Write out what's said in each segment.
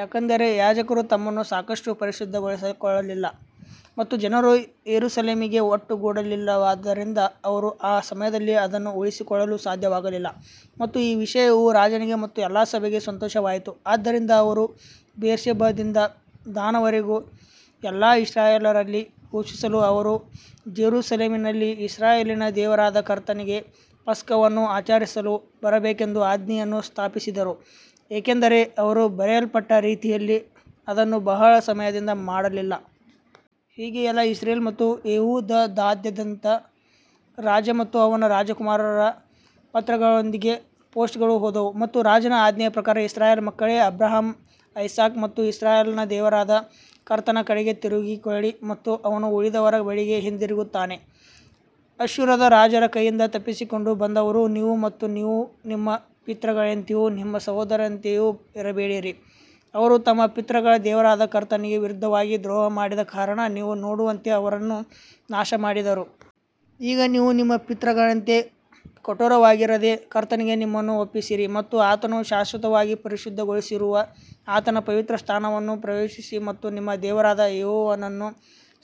ಯಾಕಂದರೆ ಯಾಜಕರು ತಮ್ಮನ್ನು ಸಾಕಷ್ಟು ಪರಿಶುದ್ಧಗೊಳಿಸಿಕೊಳ್ಳಲಿಲ್ಲ ಮತ್ತು ಜನರು ಯೆರೂಸಲೇಮಿಗೆ ಒಟ್ಟುಗೂಡಲಿಲ್ಲವಾದ್ದರಿಂದ ಅವರು ಆ ಸಮಯದಲ್ಲಿ ಅದನ್ನು ಉಳಿಸಿಕೊಳ್ಳಲು ಸಾಧ್ಯವಾಗಲಿಲ್ಲ. ಮತ್ತು ಈ ವಿಷಯವು ರಾಜನಿಗೆ ಮತ್ತು ಎಲ್ಲಾ ಸಭೆಗೆ ಸಂತೋಷವಾಯಿತು ಆದ್ದರಿಂದ ಅವರು ಬೇರ್ಷೆಬದಿಂದ ದಾನ್ ವರೆಗೆ ಎಲ್ಲಾ ಇಸ್ರಾಯೇಲ್ಯರಲ್ಲಿ ಘೋಷಿಸಲು ಅವರು ಜೆರುಸಲೇಮಿನಲ್ಲಿ ಇಸ್ರಾಯೇಲಿನ ದೇವರಾದ ಕರ್ತನಿಗೆ ಪಸ್ಕವನ್ನು ಆಚರಿಸಲು ಬರಬೇಕೆಂದು ಆಜ್ಞೆಯನ್ನು ಸ್ಥಾಪಿಸಿದರು, ಏಕೆಂದರೆ ಅವರು ಬರೆಯಲ್ಪಟ್ಟ ರೀತಿಯಲ್ಲಿ ಅದನ್ನು ಬಹಳ ಸಮಯದಿಂದ ಮಾಡಲಿಲ್ಲ. ಹೀಗೆ ಎಲ್ಲಾ ಇಸ್ರೇಲ್ ಮತ್ತು ಯೆಹೂದದಾದ್ಯಂತ ರಾಜ ಮತ್ತು ಅವನ ರಾಜಕುಮಾರರ ಪತ್ರಗಳೊಂದಿಗೆ ಪೋಸ್ಟ್ಗಳು ಹೋದವು ಮತ್ತು ರಾಜನ ಆಜ್ಞೆಯ ಪ್ರಕಾರ ಇಸ್ರಾಯೇಲ್ ಮಕ್ಕಳೇ ಅಬ್ರಹಾಂ ಐಸಾಕ್ ಮತ್ತು ಇಸ್ರಾಯೇಲ್ನ ದೇವರಾದ ಕರ್ತನ ಕಡೆಗೆ ತಿರುಗಿಕೊಳ್ಳಿ ಮತ್ತು ಅವನು ಉಳಿದವರ ಬಳಿಗೆ ಹಿಂತಿರುಗುತ್ತಾನೆ. ಅಶ್ಶೂರದ ರಾಜರ ಕೈಯಿಂದ ತಪ್ಪಿಸಿಕೊಂಡು ಬಂದವರು ನೀವು ಮತ್ತು ನೀವು ನಿಮ್ಮ ಪಿತೃಗಳಂತೆಯೂ ನಿಮ್ಮ ಸಹೋದರರಂತೆಯೂ ಇರಬೇಡಿರಿ, ಅವರು ತಮ್ಮ ಪಿತೃಗಳ ದೇವರಾದ ಕರ್ತನಿಗೆ ವಿರುದ್ಧವಾಗಿ ದ್ರೋಹ ಮಾಡಿದ ಕಾರಣ ನೀವು ನೋಡುವಂತೆ ಅವರನ್ನು ನಾಶಮಾಡಿದರು. ಈಗ ನೀವು ನಿಮ್ಮ ಪಿತೃಗಳಂತೆ ಕಠೋರವಾಗಿರದೆ ಕರ್ತನಿಗೆ ನಿಮ್ಮನ್ನು ಒಪ್ಪಿಸಿರಿ ಮತ್ತು ಆತನು ಶಾಶ್ವತವಾಗಿ ಪರಿಶುದ್ಧಗೊಳಿಸಿರುವ ಆತನ ಪವಿತ್ರಸ್ಥಾನವನ್ನು ಪ್ರವೇಶಿಸಿ ಮತ್ತು ನಿಮ್ಮ ದೇವರಾದ ಯೆಹೋವನನ್ನು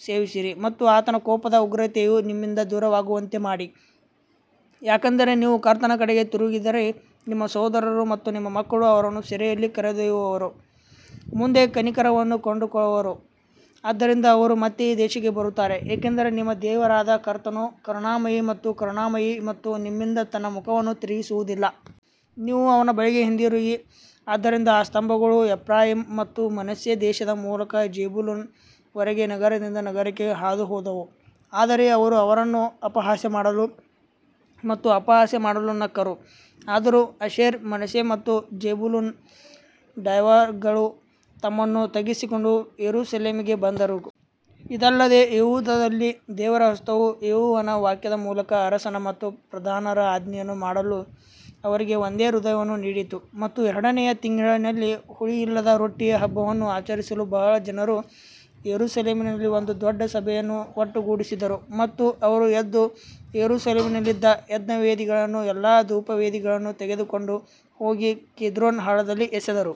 ಸೇವಿಸಿರಿ ಮತ್ತು ಆತನ ಕೋಪದ ಉಗ್ರತೆಯು ನಿಮ್ಮಿಂದ ದೂರವಾಗುವಂತೆ ಮಾಡಿ. ಯಾಕಂದರೆ ನೀವು ಕರ್ತನ ಕಡೆಗೆ ತಿರುಗಿದರೆ ನಿಮ್ಮ ಸಹೋದರರು ಮತ್ತು ನಿಮ್ಮ ಮಕ್ಕಳು ಅವರನ್ನು ಸೆರೆಯಲ್ಲಿ ಕರೆದೊಯ್ಯುವವರ ಮುಂದೆ ಕನಿಕರವನ್ನು ಕಂಡುಕೊಳ್ಳುವರು, ಆದ್ದರಿಂದ ಅವರು ಮತ್ತೆ ಈ ದೇಶಕ್ಕೆ ಬರುತ್ತಾರೆ, ಏಕೆಂದರೆ ನಿಮ್ಮ ದೇವರಾದ ಕರ್ತನು ಕರುಣಾಮಯಿ ಮತ್ತು ಕರುಣಾಮಯಿ ಮತ್ತು ನಿಮ್ಮಿಂದ ತನ್ನ ಮುಖವನ್ನು ತಿರುಗಿಸುವುದಿಲ್ಲ. ನೀವು ಅವನ ಬಳಿಗೆ ಹಿಂತಿರುಗಿ ಆದ್ದರಿಂದ ಆ ಸ್ತಂಭಗಳು ಎಫ್ರಾಯೀಮ್ ಮತ್ತು ಮನಸ್ಸೆ ದೇಶದ ಮೂಲಕ ಜೆಬುಲೂನ್ ವರೆಗೆ ನಗರದಿಂದ ನಗರಕ್ಕೆ ಹಾದುಹೋದವು ಆದರೆ ಅವರು ಅವರನ್ನು ಅಪಹಾಸ್ಯ ಮಾಡಲು ಮತ್ತು ಅಪಹಾಸ್ಯ ಮಾಡಲು ನಕ್ಕರು. ಆದರೂ ಆಶೇರ್, ಮನಸ್ಸೆ ಮತ್ತು ಜೆಬುಲೂನ್ನ ಡೈವರ್ಗಳು ತಮ್ಮನ್ನು ತಗ್ಗಿಸಿಕೊಂಡು ಯೆರೂಸಲೇಮಿಗೆ ಬಂದರು. ಇದಲ್ಲದೆ ಯೆಹೂದದಲ್ಲಿ ದೇವರ ಹಸ್ತವು ಯೆಹೋವನ ವಾಕ್ಯದ ಮೂಲಕ ಅರಸನ ಮತ್ತು ಪ್ರಧಾನರ ಆಜ್ಞೆಯನ್ನು ಮಾಡಲು ಅವರಿಗೆ ಒಂದೇ ಹೃದಯವನ್ನು ನೀಡಿತು. ಮತ್ತು ಎರಡನೆಯ ತಿಂಗಳಿನಲ್ಲಿ ಹುಳಿಯಿಲ್ಲದ ರೊಟ್ಟಿಯ ಹಬ್ಬವನ್ನು ಆಚರಿಸಲು ಬಹಳ ಜನರು ಯೆರೂಸಲೇಮಿನಲ್ಲಿ ಒಂದು ದೊಡ್ಡ ಸಭೆಯನ್ನು ಒಟ್ಟುಗೂಡಿಸಿದರು. ಮತ್ತು ಅವರು ಎದ್ದು ಯೆರೂಸಲೇಮಿನಲ್ಲಿದ್ದ ಯಜ್ಞವೇದಿಗಳನ್ನೂ ಎಲ್ಲಾ ಧೂಪವೇದಿಗಳನ್ನೂ ತೆಗೆದುಕೊಂಡು ಹೋಗಿ ಕಿದ್ರೋನ್ ಹಳ್ಳದಲ್ಲಿ ಎಸೆದರು.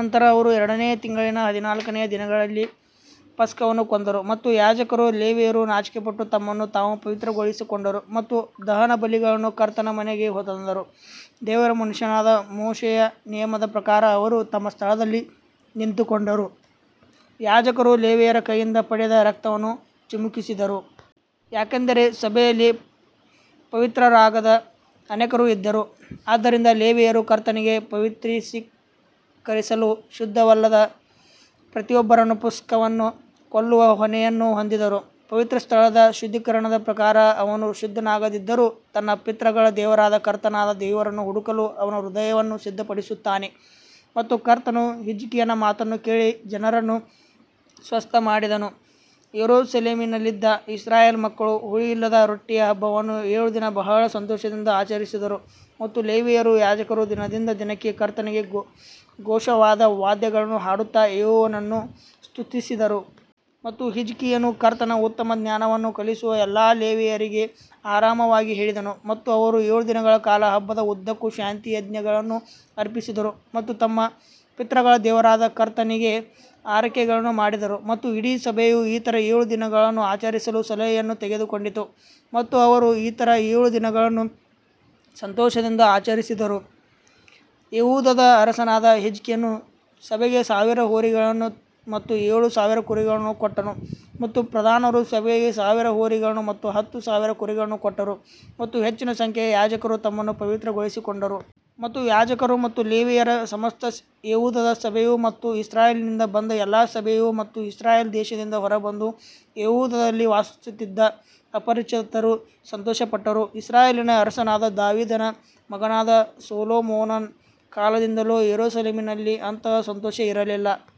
ನಂತರ ಅವರು ಎರಡನೇ ತಿಂಗಳಿನ ಹದಿನಾಲ್ಕನೆಯ ದಿನದಲ್ಲಿ ಪಸ್ಕವನ್ನು ಕೊಂದರು ಮತ್ತು ಯಾಜಕರೂ ಲೇವಿಯರೂ ನಾಚಿಕೆಪಟ್ಟು ತಮ್ಮನ್ನು ತಾವು ಪವಿತ್ರಗೊಳಿಸಿಕೊಂಡರು ಮತ್ತು ದಹನಬಲಿಗಳನ್ನು ಕರ್ತನ ಮನೆಗೆ ತಂದರು. ದೇವರ ಮನುಷ್ಯನಾದ ಮೋಶೆಯ ನಿಯಮದ ಪ್ರಕಾರ ಅವರು ತಮ್ಮ ಸ್ಥಳದಲ್ಲಿ ನಿಂತುಕೊಂಡರು, ಯಾಜಕರು ಲೇವಿಯರ ಕೈಯಿಂದ ಪಡೆದ ರಕ್ತವನ್ನು ಚಿಮುಕಿಸಿದರು. ಯಾಕಂದರೆ ಸಭೆಯಲ್ಲಿ ಪವಿತ್ರರಾಗದ ಅನೇಕರು ಇದ್ದರು, ಆದ್ದರಿಂದ ಲೇವಿಯರು ಕರ್ತನಿಗೆ ಪವಿತ್ರೀಕರಿಸಲು ಶುದ್ಧವಲ್ಲದ ಪ್ರತಿಯೊಬ್ಬರನ್ನೂ ಪಸ್ಕವನ್ನು ಕೊಲ್ಲುವ ಹೊಣೆಯನ್ನು ಹೊಂದಿದ್ದರು. ಪವಿತ್ರಸ್ಥಳದ ಶುದ್ಧೀಕರಣದ ಪ್ರಕಾರ ಅವನು ಶುದ್ಧನಾಗದಿದ್ದರೂ ತನ್ನ ಪಿತೃಗಳ ದೇವರಾದ ಕರ್ತನಾದ ದೇವರನ್ನು ಹುಡುಕಲು ಅವನ ಹೃದಯವನ್ನು ಸಿದ್ಧಪಡಿಸುತ್ತಾನೆ. ಮತ್ತು ಕರ್ತನು ಹಿಜ್ಕೀಯನ ಮಾತನ್ನು ಕೇಳಿ ಜನರನ್ನು ಸ್ವಸ್ಥಮಾಡಿದನು ಯೆರೂಸಲೇಮಿನಲ್ಲಿದ್ದ ಇಸ್ರಾಯೇಲ್ ಮಕ್ಕಳು ಹುಳಿಯಿಲ್ಲದ ರೊಟ್ಟಿಯ ಹಬ್ಬವನ್ನು ಏಳು ದಿನ ಬಹಳ ಸಂತೋಷದಿಂದ ಆಚರಿಸಿದರು ಮತ್ತು ಲೇವಿಯರೂ ಯಾಜಕರೂ ದಿನದಿಂದ ದಿನಕ್ಕೆ ಕರ್ತನಿಗೆ ಘೋಷವಾದ ವಾದ್ಯಗಳನ್ನು ಹಾಡುತ್ತಾ ಯೆಹೋವನನ್ನು ಸ್ತುತಿಸಿದರು. ಮತ್ತು ಹಿಜ್ಕೀಯನು ಕರ್ತನ ಉತ್ತಮ ಜ್ಞಾನವನ್ನು ಕಲಿಸುವ ಎಲ್ಲಾ ಲೇವಿಯರಿಗೆ ಆರಾಮವಾಗಿ ಹೇಳಿದನು ಮತ್ತು ಅವರು ಏಳು ದಿನಗಳ ಕಾಲ ಹಬ್ಬದ ಉದ್ದಕ್ಕೂ ಶಾಂತಿಯಜ್ಞಗಳನ್ನು ಅರ್ಪಿಸಿದರು ಮತ್ತು ತಮ್ಮ ಪಿತೃಗಳ ದೇವರಾದ ಕರ್ತನಿಗೆ ಅರಿಕೆಗಳನ್ನು ಮಾಡಿದರು. ಮತ್ತು ಇಡೀ ಸಭೆಯು ಇತರ ಏಳು ದಿನಗಳನ್ನು ಆಚರಿಸಲು ಸಲಹೆಯನ್ನು ತೆಗೆದುಕೊಂಡಿತು ಮತ್ತು ಅವರು ಇತರ ಏಳು ದಿನಗಳನ್ನು ಸಂತೋಷದಿಂದ ಆಚರಿಸಿದರು ಯೆಹೂದದ ಅರಸನಾದ ಹಿಜ್ಕೀಯನು ಸಭೆಗೆ ಸಾವಿರ ಹೋರಿಗಳನ್ನು ಮತ್ತು ಏಳು ಸಾವಿರ ಕುರಿಗಳನ್ನು ಕೊಟ್ಟನು ಮತ್ತು ಪ್ರಧಾನರು ಸಭೆಗೆ ಸಾವಿರ ಹೋರಿಗಳನ್ನು ಮತ್ತು ಹತ್ತು ಸಾವಿರ ಕುರಿಗಳನ್ನು ಕೊಟ್ಟರು ಮತ್ತು ಹೆಚ್ಚಿನ ಸಂಖ್ಯೆಯ ಯಾಜಕರು ತಮ್ಮನ್ನು ಪವಿತ್ರಗೊಳಿಸಿಕೊಂಡರು. ಮತ್ತು ಯಾಜಕರು ಮತ್ತು ಲೇವಿಯರ ಸಮಸ್ತ ಯೆಹೂದದ ಸಭೆಯು ಮತ್ತು ಇಸ್ರಾಯೇಲ್ನಿಂದ ಬಂದ ಎಲ್ಲಾ ಸಭೆಯು ಮತ್ತು ಇಸ್ರಾಯೇಲ್ ದೇಶದಿಂದ ಹೊರಬಂದು ಯೆಹೂದದಲ್ಲಿ ವಾಸಿಸುತ್ತಿದ್ದ ಅಪರಿಚಿತರು ಸಂತೋಷಪಟ್ಟರು. ಇಸ್ರಾಯೇಲಿನ ಅರಸನಾದ ದಾವೀದನ ಮಗನಾದ ಸೊಲೊಮೋನನ ಕಾಲದಿಂದಲೂ ಯೆರೂಸಲೇಮಿನಲ್ಲಿ ಅಂತಹ ಸಂತೋಷ ಇರಲಿಲ್ಲ.